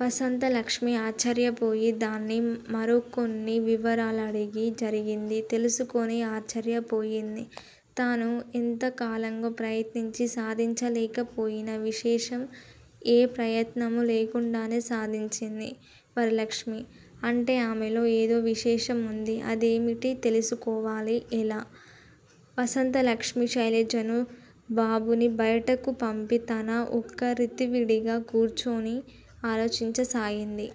వసంతలక్ష్మి ఆశ్చర్యపోయి దాన్ని మరొకొన్ని వివరాలడిగి జరిగింది తెలుసుకుని ఆశ్చర్యపోయింది. తను ఎంతోకాలంగా ప్రయత్నించి సాధించలేకపోయిన విశేషం ఎ ప్రయత్నమూ లేకుండానే సాధించింది వరలక్ష్మి. అంటే ఆమెలో ఏదోవిశేషముంది. అదేమిటి తెలుసుకోవాలి ఎలా? వసంతలక్ష్మి శైలజనూ, బాబునూ బయటకుపంపి తన ఒక్క ర్తీవిడిగా కూర్చుని అలోచించసాగింది.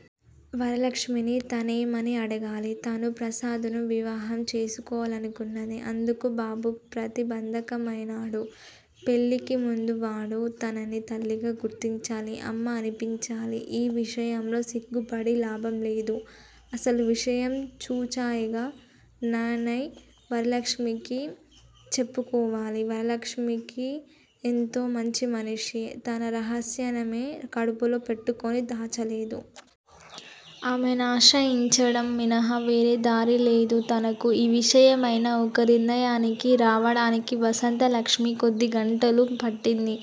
వరలక్ష్మిని తనేమని అడగాలి? తను ప్రసాదును వివాహం చేసుకోవలనుకున్నది. అందుకు బాబు ప్రతిబంధకమైనాడు. పెళ్ళికిముందే వాడు తనని తల్లిగా గుర్తించాలి. అమ్మా అనిపించాలి. ఈ విషయంలో సిగ్గుపడి లాభంలేదు. అసలువిషయం చూచాయగా నైనా వరలక్ష్మికి చెప్పుకోవాలి. వరలక్ష్మి ఎంతో మంచిమనిషి. తన రహస్యన్నామే కడుపులో పెట్టుకుని దాచలేదు. ఆమేనాశ్రయించడం మినహా వేరేదారిలేదు తనకు. ఈ విషయమైనా ఒక నిర్ణయానికి రావడానికి వసంతలక్ష్మి కొద్దిగంటలు పట్టింది.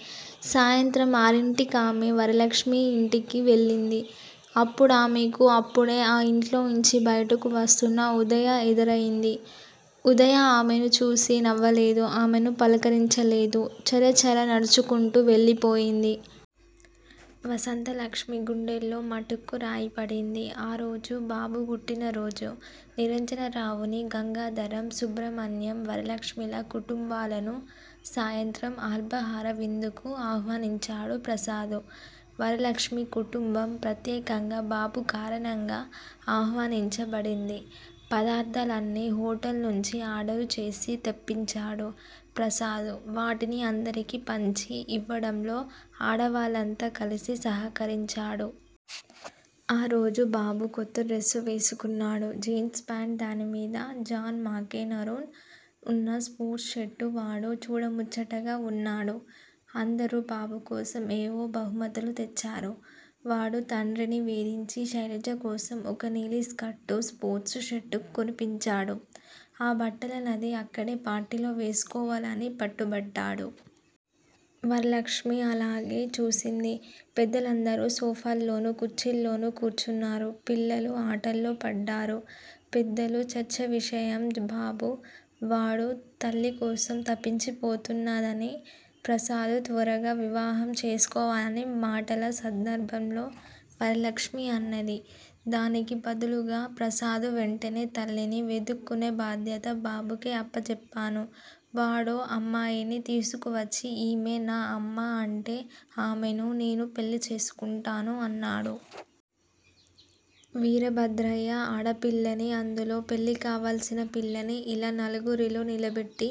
సాయంత్రం ఆరింటికామే వరలక్ష్మి ఇంటికి వెళ్ళింది. అప్పుడామెకు అప్పుడే ఆ ఇంట్లోంచి బయటకు వస్తున్న ఉదయ ఎదురయింది. ఉదయ ఆమెనుచూసి నవ్వలేదు. ఆమెను పలకరించలేదు. చరచరా నడుచుకుంటూ వెళ్ళిపోయింది. వసంతలక్ష్మి గుండెల్లో మటుక్కు రాయిపడింది. ఆరోజు బాబు పుట్టినరోజు. నిరంజనరావునీ, గంగాధరం, సుబ్రహ్మణ్యం, వరలక్ష్మి ల కుటుంబాలనూ సాయంత్రం అల్పాహారవిందుకు ఆహ్వానించాడు ప్రసాదు. వరలక్ష్మి కుటుంబం ప్రత్యేకంగా బాబు కారణంగా ఆహ్వానించబడింది. పదార్ధాలన్నీ హొటల్నుంచి ఆర్డరుచేసి తెప్పించాడు ప్రసాదు. వాటిని అందరికీ పంచి ఇవ్వడంలో ఆడవాళ్ళంతా కలసి సహకరించాడు. ఆరోజు బాబు కొత్తడ్రస్సు వేసుకున్నాడు. Jeans pant. దానిమీద జాన్ మకేనరోన్ ఉన్న స్పోర్ట్స్ షర్టు వాడు చూడముచ్చటగా వున్నాడు. అందరూ బాబుకోసం ఏవో బహుమతులుతెచ్చారు. వాడు తండ్రిని వేధించి శైలజకోసం ఒకనీలి స్కర్టు, స్పోర్ట్స్ షర్టు కొనిపించాడు. ఆ బట్టల నది అక్కడే పార్టీలో వేసుకోవాలని పట్టుబట్టాడు. వరలక్ష్మి అలాగే చూసింది. పెద్దలందరూ సోఫాల్లోనూ, కుర్చీల్లోనూ కూర్చున్నారు. పిల్లలు ఆటల్లోపడ్డారు. పెద్దల చర్చావిషయం బాబు. వాడుతల్లికోసం తపించిపోతున్నాదనీ ప్రసాదు త్వరగా విఇవాహం చేసుకోవాలనీ మాటల సందర్భంలో వరలక్ష్మి అన్నది. దానికి బదులుగా ప్రసాదు వెంటనే __ తల్లిని వెదుక్కునే బాధ్యత బాబుకే అప్పజెప్పాను. వాడో అమ్మాయిని తీసుకువచ్చి ఈమె నా అమ్మ అంటే ఆమెను నేను పెళ్ళిచేసుకుంటాను అన్నాడు. వీరభద్రయ్యా! ఆడపిల్లనీ, అందులో పెళ్ళికావాల్సిన పిల్లనీ, ఇలా నలుగురిలో నిలబెట్టి,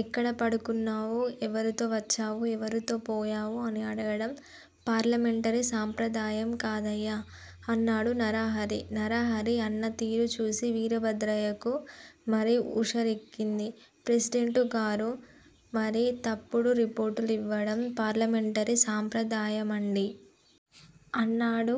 ఎక్కడ పడుకున్నావ్. ఎవరితో వచ్చావ్ ఎవరితో పోయావ్ అని అడగడం పార్లమెంటరీ సాంప్రదాయం కాదయ్యా! అన్నాడు నరహరి. నరహరి అన్నతీరుచూసి వీరభద్రయ్యకు మరీ ఉషారెక్కింది. ప్రెసిడెంటుగారూ! మరి తప్పుడు రిపోర్టు లివ్వడం పార్లమెంటరీ సాంప్రదాయమాండీ? అన్నాడు.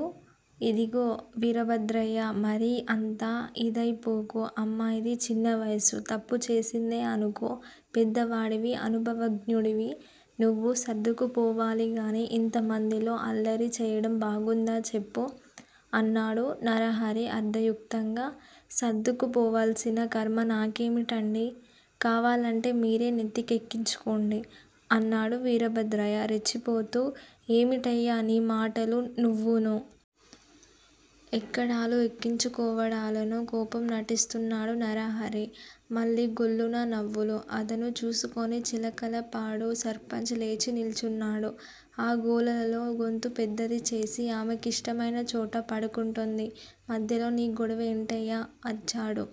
ఇదిగో వీరభద్రయ్యా! మరీ అంత ఇదైపోకు! అమ్మాయిది చిన్నవయస్సు తప్పుచేసిందే అనుకో పెద్దవాడివి అనుభవజ్ఞుడివి, నువ్వు సర్దుకుపోవాలిగాని ఇంతమందిలో అల్లరి చెయ్యడం బాగుందా చెప్పు? అన్నాడు నరహరి అర్ధయుక్తంగా. సర్దుకుపోవాల్సిన కర్మ నాకేమిటండీ? కావాలంటే మీరే నెత్తి కెక్కించుకోండి! అన్నాడు వీరభద్రయ్య రెచ్చిపోతూ. ఏమిటయ్యా నీ మాటలు నువ్వూనూ. ఎక్కడాలూ ఎక్కించుకోవడాలూనూ? కోపం నటిస్తున్నాడు నరహరి. మళ్ళీ ఘొల్లున నవ్వులు. అదను చూసుకొని చిలకలపాడు సర్పంచ్ లేచి నిల్చున్నాడు. ఆ గోలలో గొంతు పెద్దదిచేసి ఆమెకిష్టమైనచోట పడుకుంటుంది. మధ్యలో నీ గొడవేంటయ్యా అరిచాడు.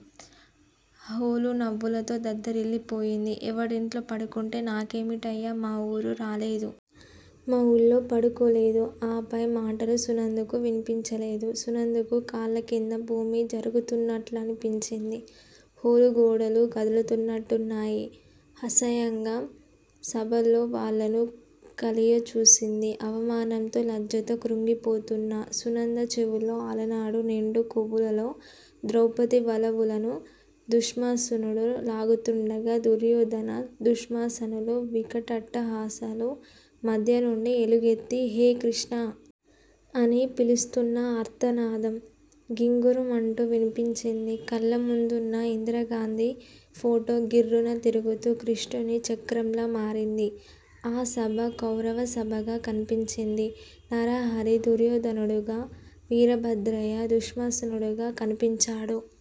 హాలు నవ్వులతో దద్దరిల్లిపోయింది. ఎవడింట్లో పడుకుంటే నాకేమిటయ్యా! మా ఊరు రాలేదు. మా ఊళ్ళో పడుకోలేదు. ఆ పై మాటలు సునందకు విన్పించలేదు. సునందకు కాళ్ళకింద భూమి జరుగుతున్నట్లనిపించింది. హాలుగోడలు కదులుతున్నట్టున్నాయి. అసహాయంగా సభలోవాళ్ళను కలియచూసింది. అవమానంతో, లజ్జతో కృంగిపోతున్న సునంద చెవుల్లో, అలనాడు నిండు కొలువులో ద్రౌపతి వలువలను దుశ్శాసనుడు లాగుతుండగా, దుర్యోధన దుశ్శాసనుల వికటాట్టహాసాల మధ్యనుండి ఎలుగెత్తి హే కృష్ణా! అని పిలుస్తున్న ఆర్తనాదం గింగురుమంటూ విన్పించింది. కళ్ళముందున్న ఇందిరాగాంధీ ఫోటో గిర్రున తిరుగుతూ కృష్ణుని చక్రంలా మారింది. ఆ సభ కౌరవ సభగా కన్పించింది. నరహరి దుర్యోధనుడుగా, వీరభద్రయ్య దుశ్శాసనుడుగా కన్పించాడు